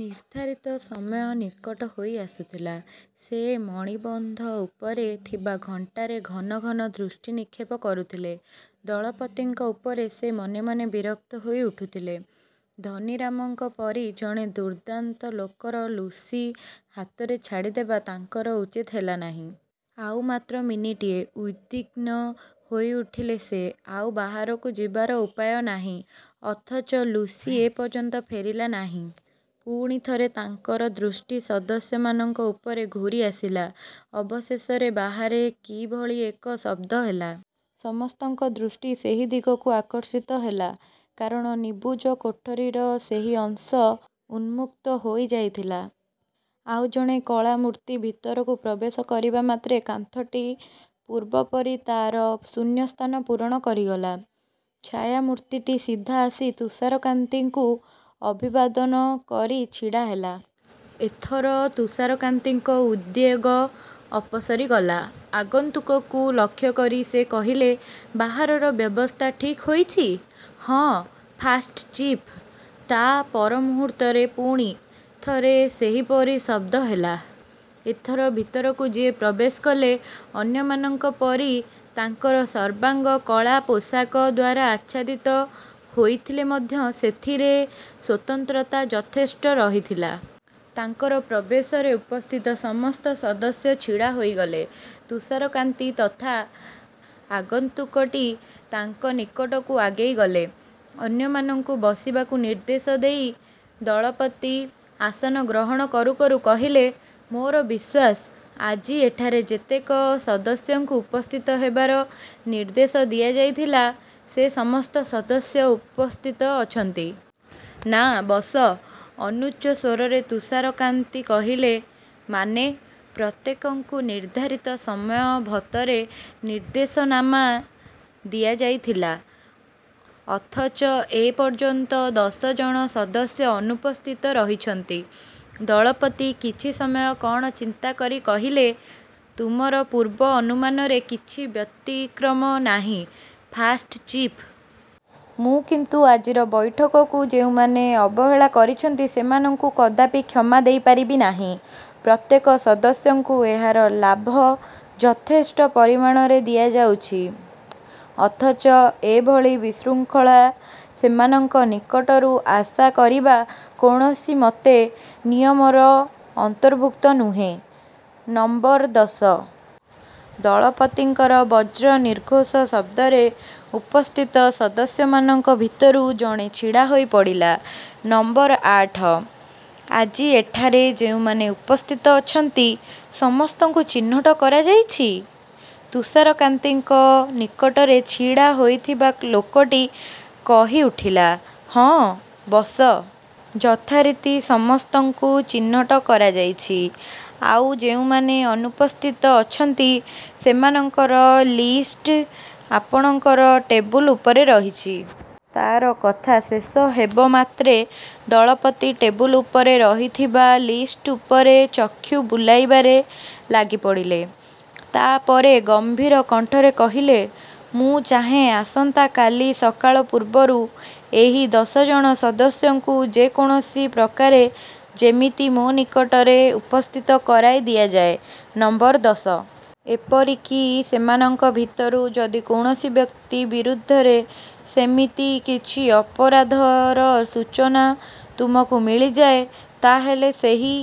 ନିର୍ଦ୍ଧାରିତ ସମୟ ନିକଟ ହୋଇ ଆସୁଥିଲା। ସେ ମଣିବନ୍ଧ ଉପରେ ଥିବା ଘଣ୍ଟାରେ ଘନ ଘନ ଦୃଷ୍ଟିନିକ୍ଷେପ କରୁଥିଲେ। ଦଳପତିଙ୍କ ଉପରେ ସେ ମନେ ମନେ ବିରକ୍ତ ହୋଇ ଉଠୁଥିଲେ। ଧନୀରାମଙ୍କ ପରି ଜଣେ ଦୁର୍ଦ୍ଦାନ୍ତ ଲୋକର ଲୁସି ହାତରେ ଛାଡ଼ିଦେବା ତାଙ୍କର ଉଚିତ ହେଲା ନାହିଁ। ଆଉ ମାତ୍ର ମିନିଟିଏ। ଉଦ୍ବିଗ୍ନ ହୋଇ ଉଠିଲେ ସେ। ଆଉ ବାହାରକୁ ଯିବାର ଉପାୟ ନାହିଁ; ଅଥଚ ଲୁସି ଏ ପର୍ଯ୍ୟନ୍ତ ଫେରିଲା ନାହିଁ। ପୁଣି ଥରେ ତାଙ୍କର ଦୃଷ୍ଟି ସଦସ୍ୟମାନଙ୍କ ଉପରେ ଘୁରି ଆସିଲା। ଅବଶେଷରେ ବାହାରେ କି ଭଳି ଏକ ଶବ୍ଦ ହେଲା। ସମସ୍ତଙ୍କ ଦୃଷ୍ଟି ସେହି ଦିଗକୁ ଆକର୍ଷିତ ହେଲା। କାରଣ ନିବୁଜ କୋଠରିର ସେହି ଅଂଶ ଉନ୍ମୁକ୍ତ ହୋଇ ଯାଇଥିଲା, ଆଉ ଜଣେ କଳା ମୂର୍ତ୍ତି ଭିତରକୁ ପ୍ରବେଶ କରିବା ମାତ୍ରେ କାନ୍ଥଟି ପୂର୍ବ ପରି ତାର ଶୂନ୍ୟସ୍ଥାନ ପୂରଣ କରିଗଲା-। ଛାୟାମୂର୍ତ୍ତିଟି ସିଧା ଆସି ତୁଷାରକାନ୍ତିଙ୍କୁ ଅଭିବାଦନ କରି ଛିଡ଼ା ହେଲା। ଏ ଥର ତୁଷାରକାନ୍ତିଙ୍କ ଉଦ୍ବେଗ ଅପସରି ଗଲା। ଆଗନ୍ତୁକକୁ ଲକ୍ଷ୍ୟ କରି ସେ କହିଲେ-ବାହାରର ବ୍ୟବସ୍ଥା ଠିକ୍ ହୋଇଛି? ହଁ, ଫାଷ୍ଟ ଚିଫ୍। ତା ପରମୁହୂର୍ତ୍ତରେ ପୁଣି। ଥରେ ସେହିପରି ଶବ୍ଦ ହେଲା। ଏଥର ଭିତରକୁ ଯିଏ ପ୍ରବେଶ କଲେ, ଅନ୍ୟମାନଙ୍କ ପରି ତାଙ୍କର ସର୍ବାଙ୍ଗ କଳା ପୋଷାକ ଦ୍ୱାରା ଆଚ୍ଛାଦିତ ହୋଇଥିଲେ ମଧ୍ୟ ସେଥିରେ ସ୍ୱତନ୍ତ୍ରତା ଯଥେଷ୍ଟ ରହିଥିଲା। ତାଙ୍କର ପ୍ରବେଶରେ ଉପସ୍ଥିତ ସମସ୍ତ ସଦସ୍ୟ ଛିଡ଼ା ହୋଇଗଲେ। ତୁଷାରକାନ୍ତି ତଥା ଆଗନ୍ତୁକଟି ତାଙ୍କ ନିକଟକୁ ଆଗେଇ ଗଲେ। ଅନ୍ୟମାନଙ୍କୁ ବସିବାକୁ ନିର୍ଦ୍ଦେଶ ଦେଇ ଦଳପତି ଆସନ ଗ୍ରହଣ କରୁ କରୁ କହିଲେ-ମୋର ବିଶ୍ୱାସ, ଆଜି ଏଠାରେ ଯେତେକ ସଦସ୍ୟଙ୍କୁ ଉପସ୍ଥିତ ହେବାର ନିର୍ଦ୍ଦେଶ ଦିଆଯାଇଥିଲା, ସେ ସମସ୍ତ ସଦସ୍ୟ ଉପସ୍ଥିତ ଅଛନ୍ତି। ନା, ବସ। -ଅନୁଚ୍ଚ ସ୍ୱରରେ ତୁଷାରକାନ୍ତି କହିଲେ। ମାନେ? ପ୍ରତ୍ୟେକଙ୍କୁ ନିର୍ଦ୍ଧାରିତ ସମୟ ଭତରେ ନିର୍ଦ୍ଦେଶନାମା ଦିଆଯାଇଥିଲା; ଅଥଚ ଏ ପର୍ଯ୍ୟନ୍ତ ଦଶ ଜଣ ସଦସ୍ୟ ଅନୁପସ୍ଥିତ ରହିଛନ୍ତି। ଦଳପତି କିଛି ସମୟ କଣ ଚିନ୍ତା କରି କହିଲେ-ତୁମର ପୂର୍ବ ଅନୁମାନରେ କିଛି ବ୍ୟତିକ୍ରମ ନାହିଁ, ଫାଷ୍ଟ ଚିଫ୍। ମୁ କିନ୍ତୁ ଆଜିର ବୈଠକକୁ ଯେଉଁମାନେ ଅବହେଳା କରିଛନ୍ତି, ସେମାନଙ୍କୁ କଦାପି କ୍ଷମା ଦେଇପାରିବି ନାହିଁ। ପ୍ରତ୍ୟେକ ସଦସ୍ୟଙ୍କୁ ଏହାର ଲାଭ ଯଥେଷ୍ଟ ପରିମାଣରେ ଦିଆଯାଉଛି; ଅଥଚ ଏ ଭଳି ବିଶୃଙ୍ଖଳା ସେମାନଙ୍କ ନିକଟରୁ ଆଶା କରିବା କୌଣସିମତେ ନିୟମର ଅନ୍ତର୍ଭୁକ୍ତ ନୁହେଁ। ନମ୍ବର ଦଶ! ଦଳପତିଙ୍କର ବଜ୍ରନିର୍ଘୋଷ ଶବ୍ଦରେ ଉପସ୍ଥିତ ସଦସ୍ୟ ମାନଙ୍କ ଭିତରୁ ଜଣେ ଛିଡ଼ା ହୋଇପଡ଼ିଲା। ନମ୍ବର ଆଠ, ଆଜି ଏଠାରେ ଯେଉଁମାନେ ଉପସ୍ଥିତ ଅଛନ୍ତି ସମସ୍ତଙ୍କୁ ଚିହ୍ନଟ କରାଯାଇଛି? ତୁଷାରକାନ୍ତିଙ୍କ ନିକଟରେ ଛିଡ଼ା ହୋଇଥିବା ଲୋକଟି କହି ଉଠିଲା-ହଁ, ବସ। ଯଥାରୀତି ସମସ୍ତଙ୍କୁ ଚିହ୍ନଟ କରାଯାଇଛି, ଆଉ ଯେଉଁମାନେ ଅନୁପସ୍ଥିତ ଅଛନ୍ତି, ସେମାନଙ୍କର ଲିଷ୍ଟ ଆପଣଙ୍କର ଟେବୁଲ ଉପରେ ରହିଛି। ତାର କଥା ଶେଷ ହେବ ମାତ୍ରେ ଦଳପତି ଟେବୁଲ ଉପରେ ରହିଥିବା ଲିଷ୍ଟ ଉପରେ ଚକ୍ଷୁ ବୁଲାଇବାରେ ଲାଗିପଡ଼ିଲେ। ତା ପରେ ଗମ୍ଭୀର କଣ୍ଠରେ କହିଲେ-''ମୁଁ ଚାହେଁ ଆସନ୍ତା କାଲି ସକାଳ ପୂର୍ବରୁ ଏହି ଦଶ ଜଣ ସଦସ୍ୟଙ୍କୁ ଯେ କୌଣସି ପ୍ରକାରେ ଯେମିତି ମୋ ନିକଟରେ ଉପସ୍ଥିତ କରାଇ ଦିଆଯାଏ, ନମ୍ବର ଦଶ। ଏପରିକି ସେମାନଙ୍କ ଭିତରୁ ଯଦି କୌଣସି ବ୍ୟକ୍ତି ବିରୁଦ୍ଧରେ ସେମିତି କିଛି ଅପରାଧର ସୂଚନା ତୁମକୁ ମିଳିଯାଏ, ତା ହେଲେ ସେହି